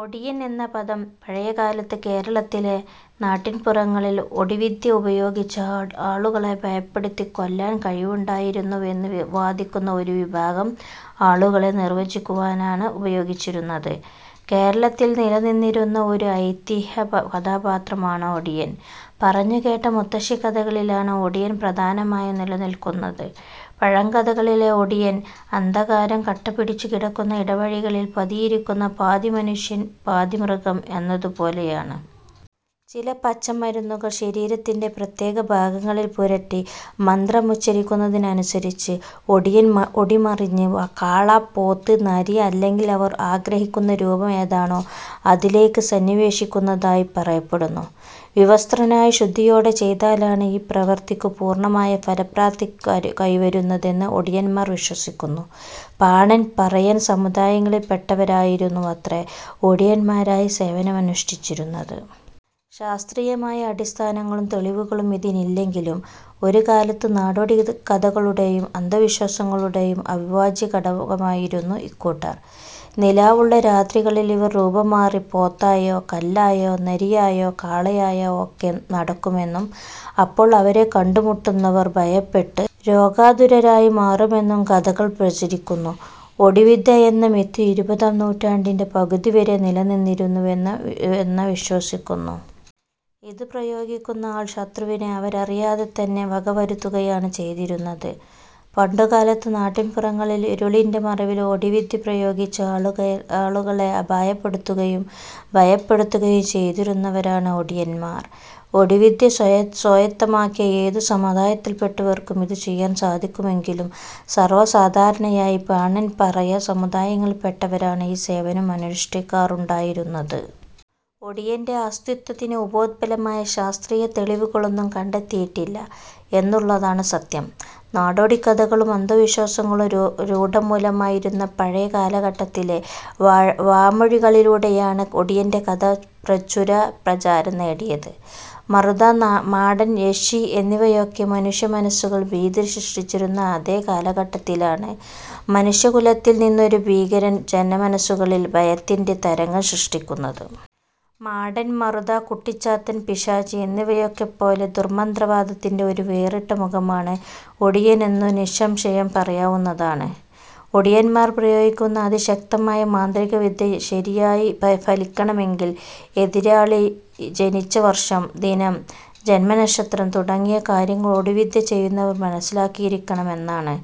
ഒടിയൻ എന്ന പദം പഴയകാലത്ത് കേരളത്തിലെ നാട്ടിൻപുറങ്ങളിൽ ഒടിവിദ്യ ഉപയോഗിച്ച് ആളുകളെ ഭയപ്പെടുത്തി കൊല്ലാൻ കഴിവുണ്ടായിരുന്നുവെന്ന് വാദിക്കുന്ന ഒരു വിഭാഗം ആളുകളെ നിർവ്വചിക്കുവാനാണ് ഉപയോഗിച്ചിരുന്നത്. കേരളത്തിൽ നിലനിന്നിരുന്ന ഒരു ഐതിഹ്യ കഥാപാത്രമാണ് ഒടിയൻ. പറഞ്ഞുകേട്ട മുത്തശ്ശിക്കഥകളിലാണ് ഒടിയൻ പ്രധാനമായും നിലനിൽക്കുന്നത്. പഴങ്കഥകളിലെ ഒടിയൻ, അന്ധകാരം കട്ടപിടിച്ചു കിടക്കുന്ന ഇടവഴികളിൽ പതിയിരിക്കുന്ന പാതി മനുഷ്യൻ പാതി മൃഗം എന്നതു പോലെയാണ്. ചില പച്ചമരുന്നുകൾ ശരീരത്തിൻറെ പ്രത്യേക ഭാഗങ്ങളിൽ പുരട്ടി മന്ത്രമുഛരിക്കുന്നതനുസരിച്ച് ഒടിയൻ ഒടിമറിഞ്ഞ് കാള, പോത്ത്, നരി അല്ലെങ്കിൽ അവർ ആഗ്രഹിക്കുന്ന രൂപം ഏതാണോ അതിലേയ്ക്കു സന്നിവേശിക്കുന്നതായി പറയപ്പെടുന്നു. വിവസ്ത്രനായി ശുദ്ധിയോടെ ചെയ്താലാണ് ഈ പ്രവർത്തിക്കു പൂർണ്ണമായ ഫലപ്രാപ്തി കൈവരുന്നതെന്ന് ഓടിയന്മാർ വിശ്വസിച്ചിരുന്നു. പാണൻ, പറയൻ സമുദായങ്ങളിൽപ്പെട്ടവരായിരുന്നുവത്രേ ഒടിയൻമാരായി സേവനം അനുഷ്ഠിച്ചിരുന്നത്. ശാസ്ത്രീയമായ അടിസ്ഥാനങ്ങളും തെളിവുകളും ഇതിന്നില്ലെങ്കിലും, ഒരുകാലത്ത് നടോടിക്കഥകളുടെയും, അന്ധവിശ്വാസങ്ങളുടെയും അവിഭാജ്യ ഘടകമായിരുന്നു ഇക്കൂട്ടർ. നിലാവുള്ള രാത്രികളിൽ ഇവർ രൂപം മാറി പോത്തായോ കല്ലായോ നരിയായോ കാളകളായോ ഒക്കെ നടക്കുമെന്നും, അപ്പോൾ ഇവരെ കണ്ടുമുട്ടുന്നവർ ഭയപ്പെട്ട് രോഗാതുരരായി മാറുമെന്നും കഥകൾ പ്രചരിച്ചിരിക്കുന്നു. ഒടിവിദ്യ എന്ന മിത്ത് ഇരുപതാം നൂറ്റാണ്ടിന്റെ പകുതി വരെ നിലനിന്നിരുന്നുവെന്ന വിശ്വസിക്കുന്നു. ഇത് പ്രയോഗിക്കുന്ന ആൾ ശത്രുവിനെ അവരറിയാതെ തന്നെ വക വരുത്തുകയാണ് ചെയ്തിരുന്നത്. പണ്ടുകാലത്ത് നാട്ടിൻപുറങ്ങളിൽ ഇരുളിൻറെ മറവിൽ ഒടിവിദ്യ പ്രയോഗിച്ച് ആളുകളെ അപായപ്പെടുത്തുകയും ഭയപ്പെടുത്തുകയും ചെയ്തിരുന്നവരാണ് ഒടിയന്മാർ. ഒടിവിദ്യ സ്വായത്തമാക്കിയ ഏതു സമുദായത്തിൽപ്പെട്ടവർക്കും ഇതു ചെയ്യാൻ സാധിക്കുമെങ്കിലും സർവ്വസാധാരണയായി പാണൻ, പറയ സമുദായങ്ങളിൽപ്പെട്ടവരാണ് ഈ സേവനം അനുഷ്ടിക്കാറുണ്ടായിരുന്നത്. ഒടിയൻറെ അസ്തിത്വത്തിന് ഉപോദ്ബലകമായ ശാസ്ത്രീയ തെളിവുകളൊന്നും കണ്ടെത്തിയിട്ടില്ല എന്നുള്ളതാണ് സത്യം. നാടോടിക്കഥകളും അന്ധവിശ്വാസങ്ങളും രൂഢമൂലമായിരുന്ന പഴയ കാലഘട്ടത്തിലെ വാമൊഴികളിലൂടെയാണ് ഒടിയൻറ കഥ പ്രചുര പ്രചാരം നേടിയത്. മറുത, മാടൻ, യക്ഷി എന്നിവരൊക്കെ മനുഷ്യമനസ്സിൽ ഭീതി സൃഷ്ടിച്ചിരുന്ന അതേ കാലഘട്ടത്തിലാണ് മനുഷ്യ കുലത്തിൽ നിന്നൊരു ഭീകരൻ ജനമനസുകളിൽ ഭയത്തിൻറെ തരംഗങ്ങൾ സൃഷ്ടിക്കുന്നത്. മാടൻ, മറുത, കുട്ടിച്ചാത്തൻ, പിശാച് എന്നിവയൊക്കെ പോലെ ദുര്മന്ത്രവാദത്തിന്റെ ഒരു വേറിട്ട മുഖമാണ് ഒടിയനെന്നു നിസ്സംശയം പറയാവുന്നതാണ്. ഒടിയൻമാർ പ്രയോഗിക്കുന്ന അതിശക്തമായ മാന്ത്രികവിദ്യ ശരിയായി ഫലിക്കണമെങ്കിൽ എതിരാളി ജനിച്ച വർഷം, ദിനം, ജൻമനക്ഷത്രം തുടങ്ങിയ കാര്യങ്ങൾ ഒടിവിദ്യ ചെയ്യുന്നവർ മനസ്സിലാക്കിയിരിക്കമെന്നാണ്.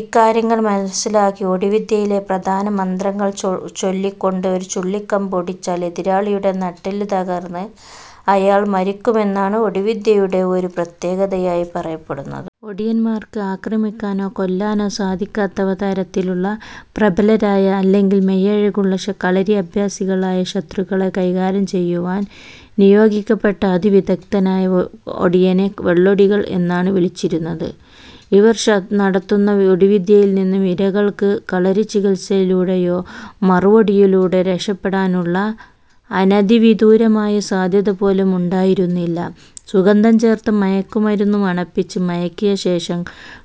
ഇക്കാര്യങ്ങൾ മനസ്സിലാക്കി ഒടിവിദ്യയിലെ പ്രധാന മന്ത്രങ്ങൾ ചൊല്ലിക്കൊണ്ട് ഒരു ചുള്ളിക്കമ്പ് ഒടിച്ചാൽ എതിരാളിയുടെ നട്ടെല്ലു തകർന്ന് അയാൾ മരിക്കുമെന്നാണ് ഒടിവിദ്യയുടെ ഒരു പ്രത്യേകതയായി പറയപ്പെടുന്നത്. ഒടിയന്മാർക്ക് ആക്രമിക്കാനോ കൊല്ലാനോ സാധിക്കാത്തവ തരത്തിലുള്ള പ്രബലരായ അല്ലെങ്കിൽ മെയ്വഴക്കമുള്ള കളരിഅഭ്യസികളായ ശത്രുക്കളെ കൈകാര്യം ചെയ്യുവാൻ നിയോഗിക്കപ്പെട്ടിരുന്ന അതിവിദഗ്ദ്ധനായ ഒടിയനെ "വെള്ളൊടികൾ" എന്നാണ് വിളിച്ചിരുന്നത്. ഇവർ നടത്തുന്ന ഒടി വിദ്യയിൽനിന്ന് ഇരകൾക്ക് കളരി ചികിത്സകളിലൂടെയോ മറുവൊടിയിലൂടെ രക്ഷപ്പെടാനുള്ള അനതിവിദൂരമായ സാധ്യതപോലും ഉണ്ടായിരുന്നില്ല. സുഗന്ധം ചേർത്ത മയക്ക് മരുന്ന് മണപ്പിച്ച് മയക്കിയ ശേഷം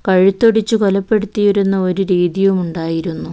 കഴുത്തൊടിച്ചു കൊലപ്പെടുത്തിയിരുന്ന ഒരു രീതിയുമുണ്ടായിരുന്നു.